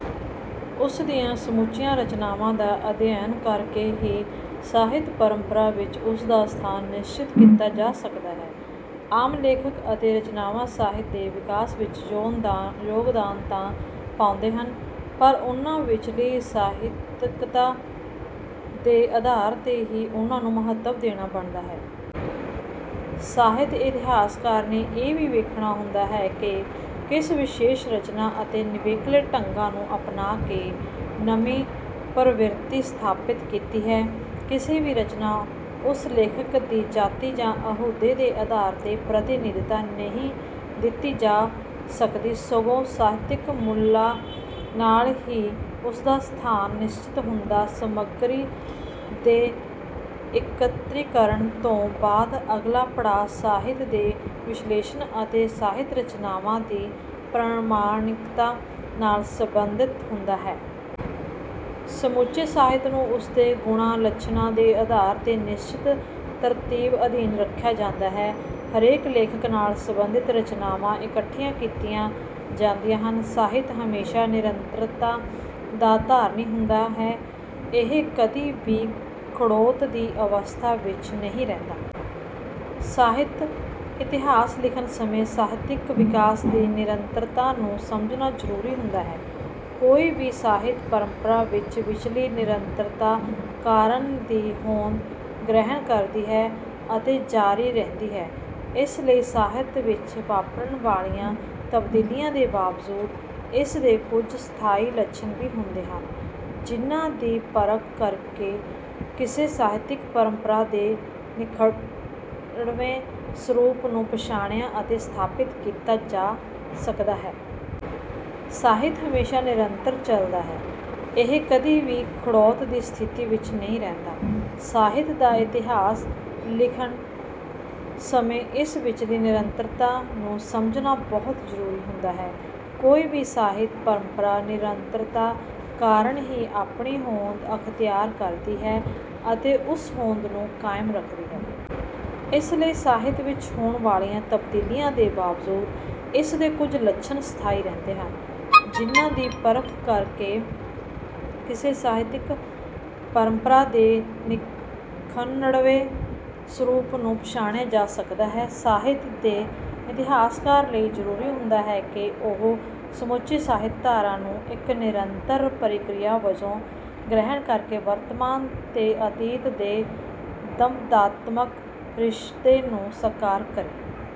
ਉਸਦੀਆਂ ਸਮੁੱਚੀਆਂ ਰਚਨਾਵਾਂ ਦਾ ਅਧਿਐਨ ਕਰਕੇ ਹੀ ਸਾਹਿਤ ਪਰੰਪਰਾ ਵਿੱਚ ਉਸਦਾ ਸਥਾਨ ਨਿਸ਼ਚਿਤ ਕੀਤਾ ਜਾ ਸਕਦਾ ਹੈ ਆਮ ਲੇਖਕ ਅਤੇ ਰਚਨਾਵਾਂ ਸਾਹਿਤ ਦੇ ਵਿਕਾਸ ਵਿੱਚ ਯੋਗਦਾਨ ਤਾਂ ਪਾਉਂਦੇ ਹਨ ਪਰ ਉਹਨਾਂ ਵਿਚਲੀ ਸਾਹਿਤਕਤਾ ਦੇ ਆਧਾਰ ਤੇ ਹੀ ਉਹਨਾਂ ਨੂੰ ਮਹੱਤਵ ਦੇਣਾ ਬਣਦਾ ਹੈ। ਸਾਹਿਤ ਇਤਿਹਾਸਕਾਰ ਨੇ ਇਹ ਵੀ ਵੇਖਣਾ ਹੁੰਦਾ ਹੈ ਕਿ ਕਿਸ ਵਿਸ਼ੇਸ਼ ਰਚਨਾ ਅਤੇ ਨਿਵੇਕਲੇ ਢੰਗਾਂ ਨੂੰ ਅਪਣਾ ਕੇ ਨਵੀ ਪ੍ਰਵਿਰਤੀ ਸਥਾਪਿਤ ਕੀਤੀ ਹੈ। ਕਿਸੇ ਵੀ ਰਚਨਾ ਉਸ ਲੇਖਕ ਦੀ ਜਾਤੀ ਜਾ ਅਹੁਦੇ ਦੇ ਆਧਾਰ ਤੇ ਪ੍ਰਤਿਨਿੱਧਤਾ ਨਹੀਂ ਦਿੱਤੀ ਜਾ ਸਕਦੀ ਸਗੋਂ ਸਾਹਿਤਕ ਮੁੱਲਾ ਨਾਲ ਹੀ ਉਸਦਾ ਸਥਾਨ ਨਿਸਚਿਤ ਹੁੰਦਾ ਸਮੱਗਰੀ ਦੇ ਇਕੱਤਰੀਕਰਨ ਤੋਂ ਬਾਅਦ ਅਗਲਾ ਪੜਾਅ ਸਾਹਿਤ ਦੇ ਵਿਸ਼ਲੇਸ਼ਣ ਅਤੇ ਸਾਹਿਤ ਰਚਨਾਵਾਂ ਦੀ ਪ੍ਰਮਾਣਿਕਤਾ ਨਾਲ ਸੰਬੰਧਿਤ ਹੁੰਦਾ ਹੈ। ਸਮੁੱਚੇ ਸਾਹਿਤ ਨੂੰ ਉਸਦੇ ਗੁਣਾ, ਲੱਛਣਾਂ ਦੇ ਅਧਾਰ ਤੇ ਨਿਸ਼ਚਿਤ ਤਰਤੀਬ ਅਧੀਨ ਰੱਖਿਆ ਜਾਂਦਾ ਹੈ। ਹਰੇਕ ਲੇਖਕ ਨਾਲ ਸੰਬੰਧਿਤ ਰਚਨਾਵਾਂ ਇਕੱਠੀਆਂ ਕੀਤੀਆਂ ਜਾਂਦੀਆਂ ਹਨ। ਸਾਹਿਤ ਹਮੇਸ਼ਾ ਨਿਰੰਤਰਤਾ ਦਾ ਧਾਰਨੀ ਹੁੰਦਾ ਹੈ। ਇਹ ਕਦੀ ਵੀ ਖੜੋਤ ਦੀ ਅਵਸਥਾ ਵਿੱਚ ਨਹੀਂ ਰਹਿੰਦਾ। ਸਾਹਿਤ ਇਤਿਹਾਸ ਲਿਖਣ ਸਮੇਂ ਸਾਹਿਤਕ ਵਿਕਾਸ ਦੀ ਨਿਰੰਤਰਤਾ ਨੂੰ ਸਮਝਣਾ ਜਰੂਰੀ ਹੁੰਦਾ ਹੈ। ਕੋਈ ਵੀ ਸਾਹਿਤ ਪਰੰਪਰਾ ਇਸ ਵਿਚਲੀ ਨਿਰੰਤਰਤਾ ਕਾਰਨ ਹੀ ਹੋਂਦ ਗ੍ਰਹਿਣ ਕਰਦੀ ਹੈ ਅਤੇ ਜਾਰੀ ਰਹਿੰਦੀ ਹੈ। ਇਸ ਲਈ ਸਾਹਿਤ ਵਿੱਚ ਵਾਪਰਨ ਵਾਲੀਆਂ ਤਬਦੀਲੀਆਂ ਦੇ ਬਾਵਜੂਦ ਇਸਦੇ ਕੁਝ ਸਥਾਈ ਲੱਛਣ ਵੀ ਹੁੰਦੇ ਹਨ ਜਿਨ੍ਹਾਂ ਦੀ ਪਰਖ ਕਰਕੇ ਕਿਸੇ ਸਾਹਿਤਿਕ ਪਰੰਪਰਾਂ ਦੇ ਨਿਖੜਵੇਂ ਸਰੂਪ ਨੂੰ ਪਛਾਣਿਆ ਅਤੇ ਸਥਾਪਿਤ ਕੀਤਾ ਜਾ ਸਕਦਾ ਹੈ। ਸਾਹਿਤ ਹਮੇਸ਼ਾ ਨਿਰੰਤਰ ਚੱਲਦਾ ਹੈ। ਇਹ ਕਦੀ ਵੀ ਖੜੋਤ ਦੀ ਸਥਿਤੀ ਵਿਚ ਨਹੀਂ ਰਹਿੰਦਾ। ਸਾਹਿਤ ਦਾ ਇਤਿਹਾਸ ਲਿਖਣ ਸਮੇਂ ਇਸ ਵਿਚਲੀ ਨਿਰੰਤਰਤਾ ਨੂੰ ਸਮਝਣਾ ਬਹੁਤ ਜਰੂਰੀ ਹੁੰਦਾ ਹੈ। ਕੋਈ ਵੀ ਸਾਹਿਤ ਪਰੰਪਰਾ ਨਿਰੰਤਰਤਾ ਕਾਰਨ ਹੀ ਆਪਣੀ ਹੋਂਦ ਅਖਤਿਆਰ ਕਰਦੀ ਹੈ ਅਤੇ ਉਸ ਹੋਂਦ ਨੂੰ ਕਾਇਮ ਰੱਖਦੀ ਹੈ। ਇਸ ਲਈ ਸਾਹਿਤ ਵਿਚ ਹੋਣ ਵਾਲੀਆਂ ਤਬਦੀਲੀਆਂ ਦੇ ਬਾਵਜੂਦ ਇਸਦੇ ਕੁਝ ਲੱਛਣ ਸਥਾਈ ਰੰਹਿਦੇ ਹਨ ਜਿਨ੍ਹਾਂ ਦੀ ਪਰਖ ਕਰਕੇ ਕਿਸੇ ਸਾਹਿਤਕ ਪਰੰਪਰਾਂ ਦੇ ਨਿਖਨੜਵੇਂ ਸਰੂਪ ਨੂੰ ਪਛਾਣਿਆ ਜਾ ਸਕਦਾ ਹੈ। ਸਾਹਿਤ ਦੇ ਇਤਿਹਾਸਕਾਰ ਲਈ ਜਰੂਰੀ ਹੁੰਦਾ ਹੈ ਕਿ ਉਹ ਸਮੁੱਚੀ ਸਾਹਿਤ-ਧਾਰਾ ਨੂੰ ਇਕ ਨਿਰੰਤਰ ਪ੍ਰਕਿਰਿਆ ਵਜੋਂ ਗ੍ਰਹਿਣ ਕਰਕੇ ਵਰਤਮਾਨ ਤੇ ਅਤੀਤ ਦੇ ਦੰਵਦਾਤਮਕ ਰਿਸ਼ਤੇ ਨੂੰ ਸਾਕਾਰ ਕਰੇ।